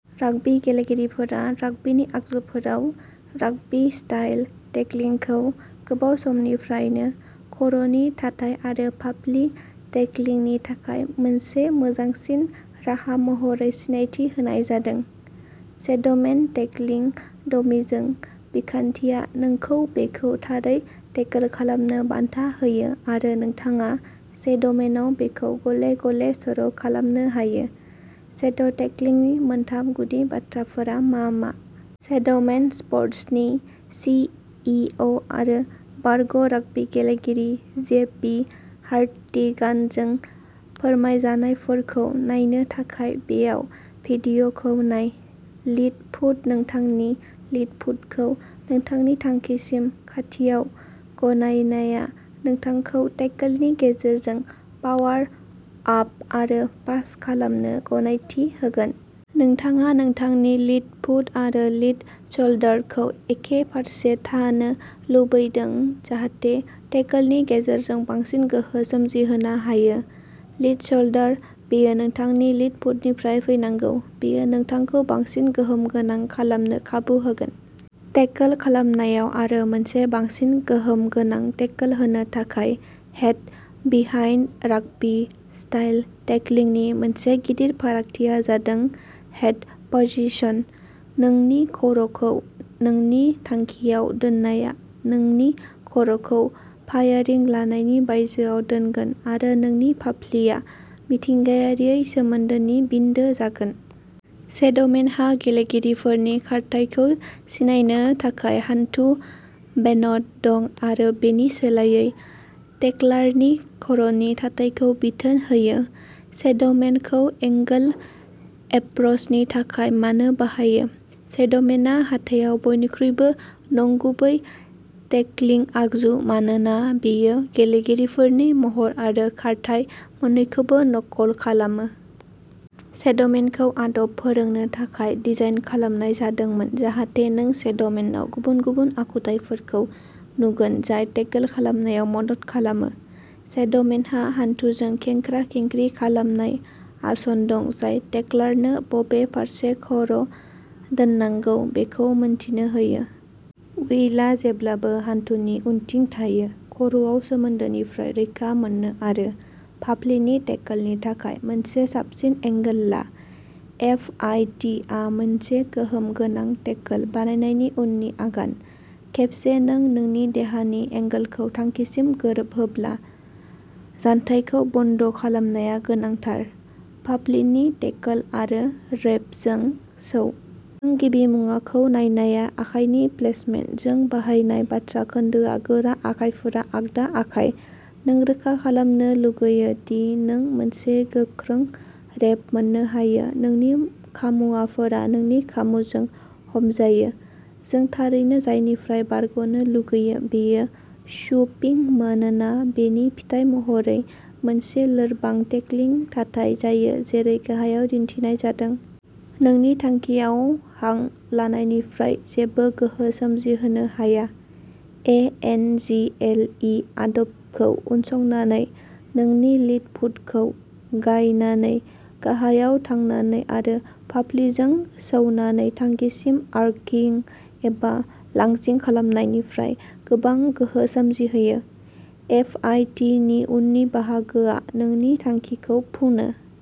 Rugby गेलेगिरिफोरा राग्बीनि आगजुफोराव राग्बी स्टाइल टेकलिंखौ गोबाव समनिफ्रायनो खर'नि थाथाय आरो फाफ्लि टेकलिंनि थाखाय मोनसे मोजांसिन राहा महरै सिनायथि होनाय जादों। शेड’मेन टेकलिं डमीजों, बिखान्थिआ नोंखौ बेखौ थारै टेकल खालामनो बान्था होयो आरो नोंथाङा शेड’मेनआव बेखौ गले गले सर' खालामनो हायो शेड’टेकलिंगनि मोनथाम गुदि बाथ्राफोरा मा मा? शेड’मेन स्पर्टसनि सि इ अ आरो बारग'राग्बी गेलेगिरि, जे पि हार्टिगानजों फोरमायजानायफोरखौ नायनो थाखाय बेयाव भिडिअ'खौ नाय। लिद फुट नोंथांनि लिद फुटखौ नोंथांनि थांखिसिम खाथियाव गायनाया नोंथांखौ टेकलनि गेजेरजों पावार आप आरो पास खालामनो गनायथि होगोन। नोंथाङा नोंथांनि लिद फुट आरो लिद शल्डारखौ एखे फारसे थानो लुबैदों जाहाथे टेकलनि गेजेरजों बांसिन गोहो सोमजिहोनो हायो। लिद श'ल्डार बेयो नोंथांनि लिद फुटनिफ्राय फैनांगौ। बेयो नोंथांखौ बांसिन गोहोम गोनां खालामनो खाबु होगोन। टेकल खालामनायाव आरो मोनसे बांसिन गोहोम गोनां टेकल होनो थाखाय। हेड बिहाइन्ड राग्बी स्टाइल टेकलिंनि मोनसे गिदिर फारागथिया जादों हेड पजिशन। नोंनि खर'खौ नोंनि थांखियाव दोननाया नोंनि खर'खौ फायारिं लाइननि बायजोआव दोनगोन आरो नोंनि फाफ्लिआ मिथिंगायारियै सोमोन्दोनि बिन्दो जागोन। शेड'मेनहा गेलेगिरिफोरनि खारथायखौ सिनायनो थाखाय हान्थु बेनड दं आरो बेनि सोलायै टेकलारनि खर'नि थाथायखौ बिथोन होयो। शेड'मेनखौ एंगोल एप्र'चनि थाखाय मानो बाहायो? शेड'मेनआ हाथायाव बयनिख्रुइबो नंगुबै टेकलिं आगजु मानोना बेयो गेलेगिरिफोरनि महर आरो खारथाइ मोननैखौबो नखल खालामो। शेड'मेनखौ आदब फोरोंनो थाखाय डिजाइन खालामनाय जादोंमोन जाहाथे नों शेड'मेनआव गुबुन गुबुन आखुथायफोरखौ नुगोन जाय टेकल खालामनायाव मदद खालामो। शेड'मेनहा हानथुखौ खेंख्रा-खेंख्रि खालामनाय आसन दं जाय टेकलारनो बबे फारसे खर' दोननांगौ बेखौ मिथिनो होयो। उइलआ जेब्लाबो हानथुनि उनथिं थायो, खर'आव सोमोन्दोनिफ्राय रैखा मोननो आरो फाफ्लिनि टेकेलनि थाखाय मोनसे साबसिन एंगल ला। एफ आइ टि आ मोनसे गोहोम गोनां टेकल बानायनायनि उननि आगान। खेबसे नों नोंनि देहानि एंगलखौ थांखिसिम गोरोबहोब्ला, जानथायखौ बन्द' खालामनाया गोनांथार, फाफ्लिनि टेकल आरो रैपजों सौ। जों गिबि मुवाखौ नायनाया आखाइनि प्लेसमेन्ट। जों बाहायनाय बाथ्रा खोन्दोआ गोरा आखाइफोरा आगदा आखाइ। नों रोखा खालामनो लुगैयो दि नों मोनसे गोख्रों रैप मोननो हायो, नोंनि खामुवाफोरा नोंनि खामुजों हमजायो। जों थारैनो जायनिफ्राय बारग'नो लुगैयो बेयो स्वुपिं मानोना बेनि फिथाय महरै मोनसे लोरबां टेकलिं थाथाय जायो, जेरै गाहायाव दिन्थिनाय जादों। नोंनि थांखियाव हां लागायनायनिफ्राय जेबो गोहो सोमजिहोनो हाया। A N G L E आदबखौ उनसंनानै, नोंनि लिद फुटखौ गायनानै, गाहायाव थांनानै आरो फाफ्लिजों सौनानै थांखिसिम आर्किं एबा लांजिं खालामनायनिफ्राय गोबां गोहो सोमजिहोयो। एफ आइ टि नि उननि बाहागोआ नोंनि थांखिखौ फुनो।